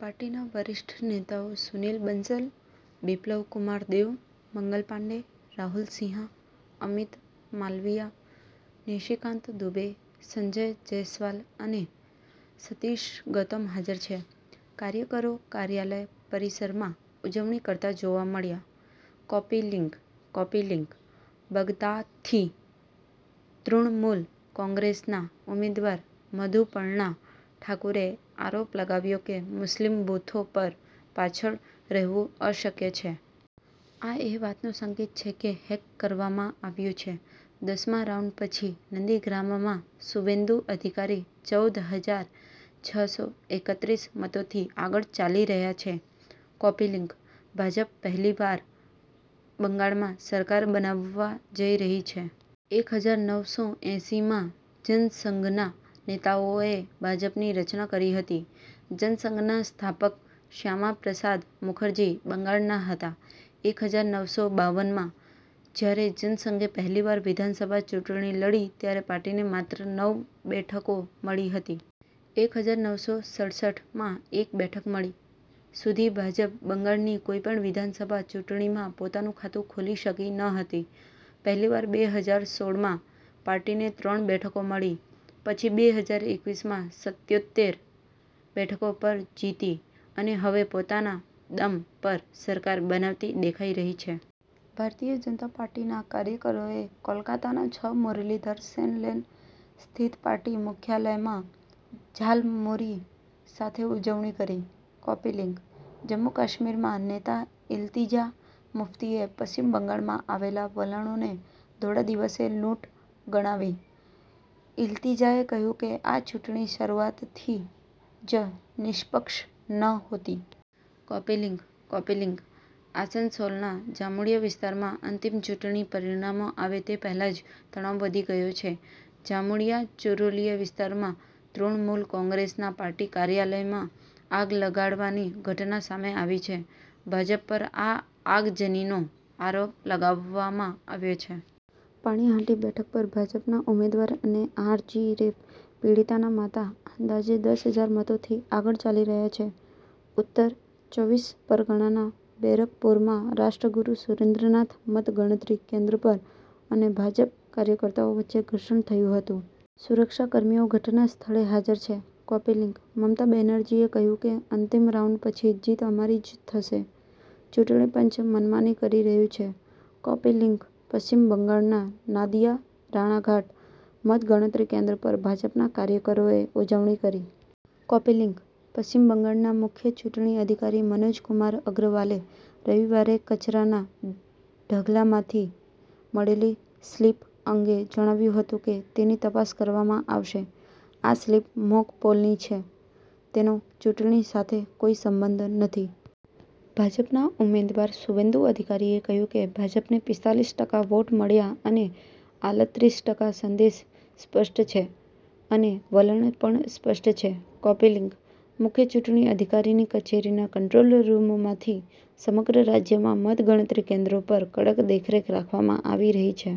પાર્ટીના વરિષ્ઠ નેતાઓ સુનીલ બંસલ, બિપ્લવ કુમાર દેવ, મંગલ પાંડે, રાહુલ સિંહા, અમિત માલવિયા, નિશિકાંત દુબે, સંજય જયસ્વાલ અને સતીશ ગૌતમ હાજર છે. કાર્યકરો કાર્યાલય પરિસરમાં ઉજવણી કરતા જોવા મળ્યા. કૉપી લિંક કૉપી લિંક બગદાથી તૃણમૂલ કોંગ્રેસના ઉમેદવાર મધુપર્ણા ઠાકુરે આરોપ લગાવ્યો કે મુસ્લિમ બૂથો પર પાછળ રહેવું અશક્ય છે. આ એ વાતનો સંકેત છે કે હેક કરવામાં આવ્યું છે. દસ મા રાઉન્ડ પછી નંદીગ્રામમાં સુવેન્દુ અધિકારી ચૌદ હજાર છ સો એકત્રીસ મતોથી આગળ ચાલી રહ્યા છે. કૉપી લિંક ભાજપ પહેલીવાર બંગાળમાં સરકાર બનાવવા જઈ રહી છે. એક હજાર નવસો એંસી માં જનસંઘના નેતાઓએ ભાજપની રચના કરી હતી. જનસંઘના સ્થાપક શ્યામા પ્રસાદ મુખર્જી બંગાળના હતા. એક હજાર નવસો બાવન માં જ્યારે જનસંઘે પહેલીવાર વિધાનસભા ચૂંટણી લડી ત્યારે પાર્ટીને માત્ર નવ બેઠકો મળી હતી. એક હજાર નવસો સડસઠ માં એક બેઠક મળી. સુધી ભાજપ બંગાળની કોઈપણ વિધાનસભા ચૂંટણીમાં પોતાનું ખાતું ખોલી શકી ન હતી. પહેલીવાર બે હજાર સોળમાં પાર્ટીને ત્રણ બેઠકો મળી. પછી બે હજાર એકવીસમાં સત્યોતેર બેઠકો પર જીતી અને હવે પોતાના દમ પર સરકાર બનાવતી દેખાઈ રહી છે. ભારતીય જનતા પાર્ટીના કાર્યકરોએ કોલકાતાના છ મુરલીધર સેન લેન સ્થિત પાર્ટી મુખ્યાલયમાં ઝાલમુરી સાથે ઉજવણી કરી. કૉપી લિંક જમ્મુ-કશ્મીરમાં નેતા ઇલ્તિજા મુફ્તીએ પશ્ચિમ બંગાળમાં આવેલા વલણોને ધોળા દિવસે લૂંટ ગણાવી. ઇલ્તિજાએ કહ્યું કે આ ચૂંટણી શરૂઆતથી જ નિષ્પક્ષ નહોતી. કૉપી લિંક કૉપી લિંક આસનસોલના જામુડિયા વિસ્તારમાં અંતિમ ચૂંટણી પરિણામો આવે તે પહેલાં જ તણાવ વધી ગયો છે. જામુડિયા ચુરુલિયા વિસ્તારમાં તૃણમૂલ કોંગ્રેસના પાર્ટી કાર્યાલયમાં આગ લગાડવાની ઘટના સામે આવી છે. ભાજપ પર આ આગજનીનો આરોપ લગાવવામાં આવ્યો છે. પાણીહાટી બેઠક પર ભાજપના ઉમેદવાર અને આર. જી. રેપ પીડિતાના માતા અંદાજે દસ હજાર મતોથી આગળ ચાલી રહ્યા છે. ઉત્તર ચોવીસ પરગણાના બેરકપુરમાં રાષ્ટ્રગુરુ સુરેન્દ્રનાથ મતગણતરી કેન્દ્ર પર અને ભાજપ કાર્યકર્તાઓ વચ્ચે ઘર્ષણ થયું હતું. સુરક્ષાકર્મીઓ ઘટનાસ્થળે હાજર છે. કૉપી લિંક મમતા બેનર્જીએ કહ્યું કે અંતિમ રાઉન્ડ પછી જીત અમારી જ થશે. ચૂંટણી પંચ મનમાની કરી રહ્યું છે. કૉપી લિંક પશ્ચિમ બંગાળના નાદિયા રાણાઘાટ મતગણતરી કેન્દ્ર પર ભાજપના કાર્યકરોએ ઉજવણી કરી. કૉપી લિંક પશ્ચિમ બંગાળના મુખ્ય ચૂંટણી અધિકારી મનોજ કુમાર અગ્રવાલે રયવારે કચરાના ઢગલામાંથી મળેલી સ્લિપ અંગે જણાવ્યું હતું કે, તેની તપાસ કરવામાં આવશે. આ સ્લિપ મોક પોલની છે. તેનો ચૂંટણી સાથે કોઈ સંબંધ નથી. ભાજપના ઉમેદવાર સુવેન્દુ અધિકારીએ કહ્યું કે, ભાજપને પિસ્તાલીસ ટકા વોટ મળ્યા અને આલત્રીસ ટકા, સંદેશ સ્પષ્ટ છે અને વલણ પણ સ્પષ્ટ છે. કૉપી લિંક મુખ્ય ચૂંટણી અધિકારીની કચેરીના કંટ્રોલ રૂમમાંથી સમગ્ર રાજ્યમાં મતગણતરી કેન્દ્રો પર કડક દેખરેખ રાખવામાં આવી રહી છે.